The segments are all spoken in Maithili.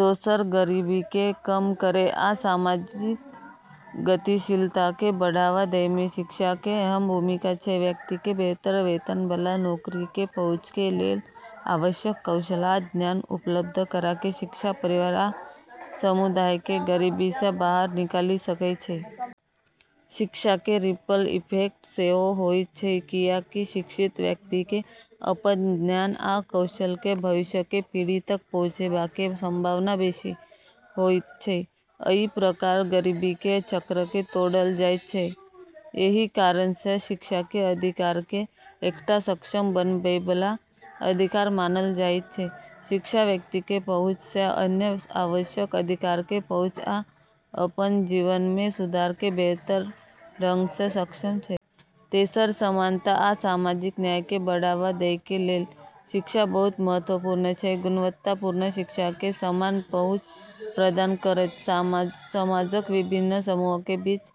दोसर, गरीबीके कम करै आ सामाजिक गतिशीलताके बढ़ावा दैमे शिक्षाके अहम भूमिका छै। व्यक्तिके बेहतर वेतनबला नौकरीके पहुँचके लेल आवश्यक कौशल आ ज्ञान उपलब्ध कराके शिक्षा परिवार आ समुदायके गरीबी सँ बाहर निकालि सकै छै। शिक्षाके रिपल इफेक्ट सेहो होइत छै, कियाकि शिक्षित व्यक्तिके अपन ज्ञान आ कौशलके भविष्यके पीढ़ि तक पहुँचेबाके संभावना बेशी होइत छै, अइ प्रकार गरीबीके चक्रके तोड़ल जाइत छै। एही कारणसँ शिक्षाके अधिकारके एकटा सक्षम बनबैबला अधिकार मानल जाइत छै शिक्षा, व्यक्तिके पहुँच सँ अन्य आवश्यक अधिकारके पहुँच आ अपन जीवनमे सुधारके बेहतर ढङ्गसँ सक्षम छै। तेसर, समानता आ सामाजिक न्यायके बढ़ावा दैके लेल शिक्षा बहुत महत्वपूर्ण छै। गुणवत्तापूर्ण शिक्षाके समान पहुँच प्रदान करैत समाजक विभिन्न समूहके बीच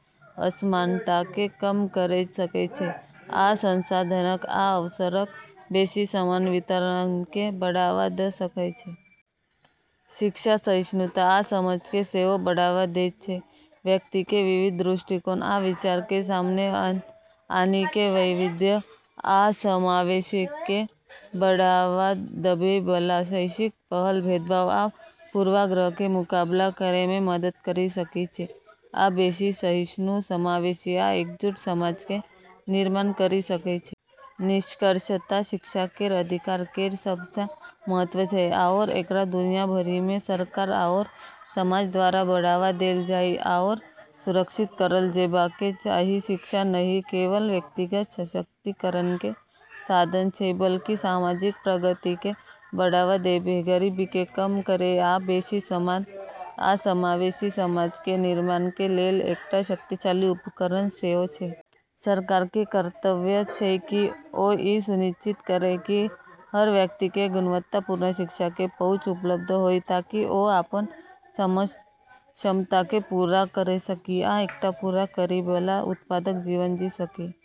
असमानताके कम करि सकै छै, आ संसाधनक आ अवसरक बेशी समान वितरणके बढ़ावा द' सकै छै। शिक्षा सहिष्णुता आ समझके सेहो बढ़ावा दैत छै, व्यक्तिके विविध दृष्टिकोण आ विचारके सामने आनिकेँ । वैविध्य आ समावेशके बढ़ावा दैबैबला शैक्षिक पहल भेदभाव आ पूर्वाग्रहके मुकाबला करैमे मदद करि सकै छै, आ बेशी सहिष्णु, समावेशी आ एकजुट समाजके निर्माण करि सकै छै। निष्कर्षतः शिक्षा केर अधिकार केर सबसँ महत्व छै, आओर एकरा दुनिया भरिमे सरकार आओर समाज द्वारा बढ़ावा देल जाइ आओर सुरक्षित करल जेबाके चाही। शिक्षा नहि केवल व्यक्तिगत सशक्तिकरणके साधन छै बल्कि सामाजिक प्रगतिके बढ़ावा देबै, गरीबीके कम करै, आ बेशी समान आ समावेशी समाजके निर्माणके लेल एकटा शक्तिशाली उपकरण सेहो छै। सरकारके कर्तव्य छै कि ओ ई सुनिश्चित करै कि हर व्यक्तिके गुणवत्तापूर्ण शिक्षाके पहुँच उपलब्ध होइ, ताकि ओ अपन क्षमताके पूरा करि सकै आ एकटा पूरा करैबला, उत्पादक जीवन जी सकै ।